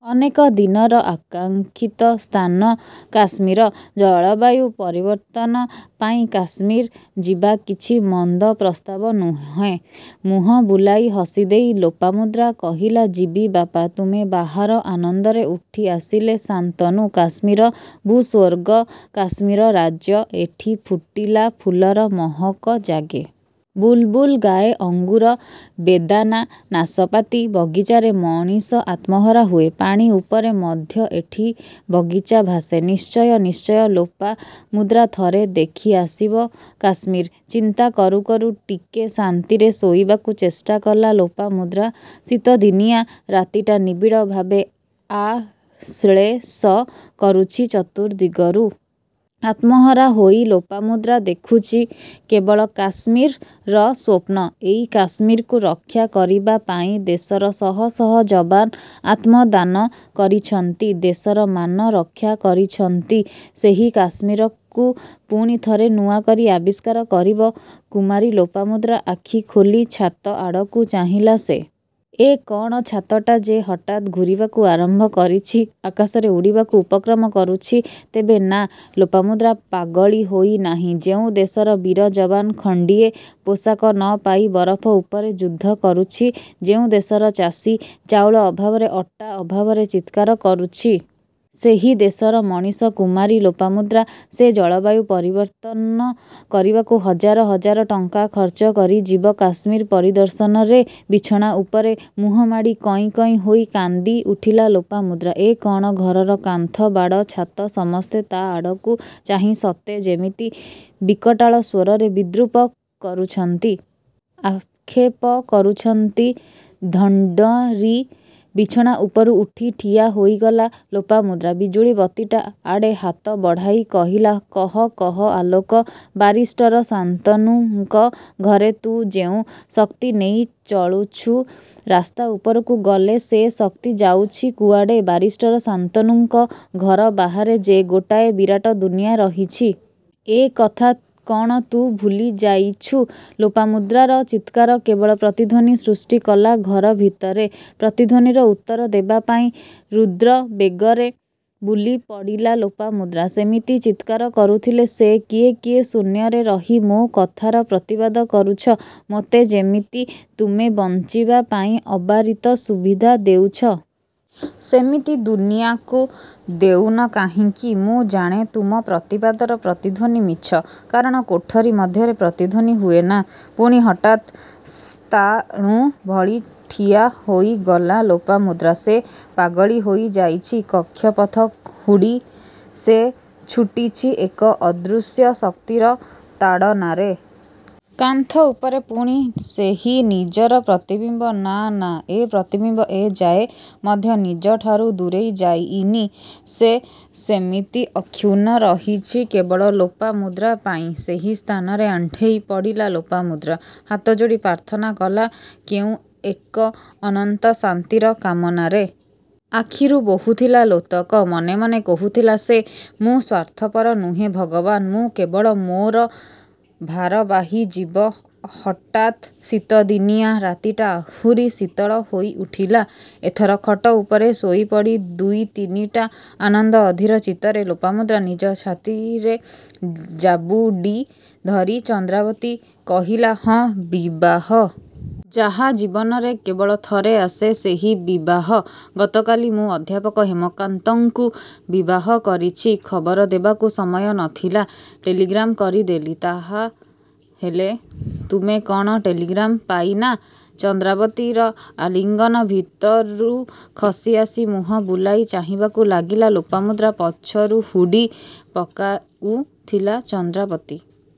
ଅନେକ ଦିନର ଆକାଂକ୍ଷିତ ସ୍ଥାନ କାଶ୍ମୀର। ଜଳବାୟୁ ପରିବର୍ତ୍ତନ ପାଇଁ କାଶ୍ମୀର ଯିବା କିଛି ମନ୍ଦ ପ୍ରସ୍ତାବ ନୁହେଁ ମୁହଁ ବୁଲାଇ ହସିଦେଇ ଲୋପାମୁଦ୍ରା କହିଲା-ଯିବି ବାପା! ତୁମେ ବାହାର ଆନନ୍ଦରେ ଉଠି ଆସିଲେ ଶାନ୍ତନୁ। କାଶ୍ମୀର। ଭୁସ୍ୱର୍ଗ କାଶ୍ମୀର ରାଜ୍ୟ। ଏଠି ଫୁଟିଲା ଫୁଲର ମହକ ଜାଗେ ବୁଲ୍ ବୁଲ୍ ଗାଏ। ଅଙ୍ଗୁର, ବେଦାନା, ନାସପାତି ବଗିଚାରେ ମଣିଷ ଆତ୍ମହରା ହୁଏ। ପାଣି ଉପରେ ମଧ୍ୟ ଏଠି ବଗିଚା ଭାସେ। ନିଶ୍ଚୟ ନିଶ୍ଚୟ ଲୋପାମୁଦ୍ରା ଥରେ ଦେଖି ଆସିବ କାଶ୍ମୀର। ଚିନ୍ତା କରୁ କରୁ ଟିକେ ଶାନ୍ତିରେ ଶୋଇବାକୁ ଚେଷ୍ଟାକଲା ଲୋପାମୁଦ୍ରା ଶୀତଦିନିଆଁ ରାତିଟା ନିବିଡ଼ ଭାବେ ଆଶ୍ଳେଷ କରୁଛି ଚତୁର୍ଦିଗରୁ। ଆତ୍ମହରା ହୋଇ ଲୋପାମୁଦ୍ରା ଦେଖୁଛି କେବଳ କାଶ୍ମୀରର ସ୍ୱପ୍ନ। ଏଇ କାଶ୍ମୀରକୁ ରକ୍ଷା କରିବାପାଇଁ ଦେଶର ଶହ ଶହ ଯବାନ୍ ଆତ୍ମଦାନ କରିଛନ୍ତି। ଦେଶର ମାନ ରକ୍ଷା କରିଛନ୍ତି। ସେହି କାଶ୍ମୀରକୁ ପୁଣି ଥରେ ନୂଆ କରି ଆବିଷ୍କାର କରିବ କୁମାରୀ ଲୋପାମୁଦ୍ରା ଆଖି ଖୋଲି ଛାତ ଆଡ଼କୁ ଚାହିଁଲା ସେ। ଏ କ'ଣ? ଛାତଟା ଯେ ହଠାତ୍ ଘୂରିବାକୁ ଆରମ୍ଭ କରିଛି। ଆକାଶରେ ଉଡ଼ିବାକୁ ଉପକ୍ରମ କରୁଛି। ତେବେ? ନାଁ ଲୋପାମୁଦ୍ରା ପାଗଳୀ ହୋଇନାହିଁ। ଯେଉଁ ଦେଶର ବୀର ଯବାନ୍ ଖଣ୍ଡିଏ ପୋଷାକ ନ ପାଇ ବରଫ ଉପରେ ଯୁଦ୍ଧ କରୁଛି ଯେଉଁ ଦେଶର ଚାଷୀ ଚାଉଳ ଅଭାବରେ, ଅଟା ଅଭାବରେ ଚିତ୍କାର କରୁଛି ସେହି ଦେଶର ମଣିଷ କୁମାରୀ ଲୋପାମୁଦ୍ରା ସେ ଜଳବାୟୁ ପରିବର୍ତ୍ତନ କରିବାକୁ ହଜାର ହଜାର ଟଙ୍କା ଖର୍ଚ୍ଚ କରି ଯିବ କାଶ୍ମୀର ପରିଦର୍ଶନରେ ବିଛଣା ଉପରେ ମୁହଁମାଡ଼ି କଇଁ କଇଁ ହୋଇ କାନ୍ଦି ଉଠିଲା ଲୋପାମୁଦ୍ରା। ଏ କ'ଣ? ଘରର କାନ୍ଥ, ବାଡ଼, ଛାତ ସମସ୍ତେ ତା' ଆଡ଼କୁ ଚାହିଁ ସତେ ଯେମିତି ବିକଟାଳ ସ୍ୱରରେ ବିଦ୍ରୂପ କରୁଛନ୍ତି। ଆକ୍ଷେପ କରୁଛନ୍ତି। ଧଡ଼୍କରି ବିଛଣା ଉପରୁ ଉଠି ଠିଆ ହୋଇଗଲା ଲୋପାମୁଦ୍ରା। ବିଜୁଳିବତୀଟା ଆଡ଼େ ହାତ ବଢ଼ାଇ କହିଲା-''କହ କହ ଆଲୋକ ବାରିଷ୍ଟର ଶାନ୍ତନୁଙ୍କ ଘରେ ତୁ ଯେଉଁ ଶକ୍ତି ନେଇ ଚଳୁଛୁ ରାସ୍ତା ଉପରକୁ ଗଲେ ସେ ଶକ୍ତି ଯାଉଛି କୁଆଡ଼େ? ବାରିଷ୍ଟର ଶାନ୍ତନୁଙ୍କ ଘର ବାହାରେ ଯେ ଗୋଟାଏ ବିରାଟ ଦୁନିଆଁ ରହିଛି.. ଏ କଥା କ'ଣ ତୁ ଭୁଲିଯାଇଛୁ? '' ଲୋପାମୁଦ୍ରାର ଚିତ୍କାର କେବଳ ପ୍ରତିଧ୍ୱନି ସୃଷ୍ଟିକଲା ଘର ଭିତରେ। ପ୍ରତିଧ୍ୱନିର ଉତ୍ତର ଦେବାପାଇଁ ରୁଦ୍ରବେଗରେ ବୁଲିପଡ଼ିଲା ଲୋପାମୁଦ୍ରା। ସେମିତି ଚିତ୍କାର କରୁଥିଲେ ସେ ''କିଏ କିଏ ଶୂନ୍ୟରେ ରହି ମୋ କଥାର ପ୍ରତିବାଦ କରୁଛ? ମୋତେ ଯେମିତି ତୁମେ ବଞ୍ଚିବା ପାଇଁ ଅବାରିତ ସୁବିଧା ଦେଉଛ ସେମିତି ଦୁନିଆଁକୁ ଦେଉନ କାହିଁକି? ମୁଁ ଜାଣେ.. ତୁମ ପ୍ରତିବାଦର ପ୍ରତିଧ୍ୱନି ମିଛ। କାରଣ କୋଠରୀ ମଧ୍ୟରେ ପ୍ରତିଧ୍ୱନି ହୁଏନା। '' ପୁଣି ହଠାତ୍ ସ୍ଥାଣୁ ଭଳି ଠିଆ ହୋଇଗଲା ଲୋପାମୁଦ୍ରା। ସେ ପାଗଳୀ ହୋଇ ଯାଇଛି.. କକ୍ଷପଥ ହୁଡ଼ି ସେ ଛୁଟିଛି ଏକ ଅଦୃଶ୍ୟ ଶକ୍ତିର ତାଡ଼ନାରେ। କାନ୍ଥ ଉପରେ ପୁଣି ସେହି ନିଜର ପ୍ରତିବିମ୍ବ। ନାଁ ନାଁ ଏ ପ୍ରତିବିମ୍ବ ଏଯାଏ ମଧ୍ୟ ନିଜଠାରୁ ଦୂରେଇ ଯାଇନି। ସେ ସେମିତି ଅକ୍ଷୁର୍ଣ୍ଣ ରହିଛି କେବଳ ଲୋପାମୁଦ୍ରା ପାଇଁ। ସେହି ସ୍ଥାନରେ ଆଣ୍ଠେଇ ପଡ଼ିଲା ଲୋପାମୁଦ୍ରା ହାତଯୋଡ଼ି ପ୍ରାର୍ଥନା କଲା କେଉଁ ଏକ ଅନନ୍ତ ଶାନ୍ତିର କାମନାରେ। ଆଖିରୁ ବହୁଥିଲା ଲୋତକ। ମନେ ମନେ କହୁଥିଲା ସେ-''ମୁଁ ସ୍ୱାର୍ଥପର ନୁହେଁ ଭଗବାନ୍-ମୁଁ କେବଳ ମୋର ଭାରବାହୀ ଜୀବ '' ହଠାତ୍ ଶୀତଦିନିଆଁ ରାତିଟା ଆହୁରି ଶୀତଳ ହୋଇଉଠିଲା। ଏଥର ଖଟଉପରେ ଶୋଇପଡ଼ି ଦୁଇ ତିନିଟା।? '' ଆନନ୍ଦ ଅଧୀର ଚିତ୍ତରେ ଲୋପାମୁଦ୍ରା ନିଜ ଛାତିରେ ଜାବୁଡ଼ି ଧରି ଚନ୍ଦ୍ରାବତୀ କହିଲା-''ହଁ ବିବାହ! ଯାହା ଜୀବନରେ କେବଳ ଥରେ ଆସେ-ସେହି ବିବାହ। ଗତ କାଲି ମୁଁ ଅଧ୍ୟାପକ ହେମକାନ୍ତଙ୍କୁ ବିବାହ କରିଛି। ଖବର ଦେବାକୁ ସମୟ ନ ଥିଲା। ଟେଲିଗ୍ରାମ କରିଦେଲି-। ତା'ହେଲେ ତୁମେ କ'ଣ ଟେଲିଗ୍ରାମ ପାଇନାଁ? '' ଚନ୍ଦ୍ରାବତୀର ଆଲିଙ୍ଗନ ଭିତରୁ ଖସି ଆସି ମୁହଁ ବୁଲାଇ ଚାଲିବାକୁ ଲାଗିଲା ଲୋପାମୁଦ୍ରା ପଛରୁ ହୁଡ଼ି ପକାଉଥିଲା ଚନ୍ଦ୍ରାବତୀ.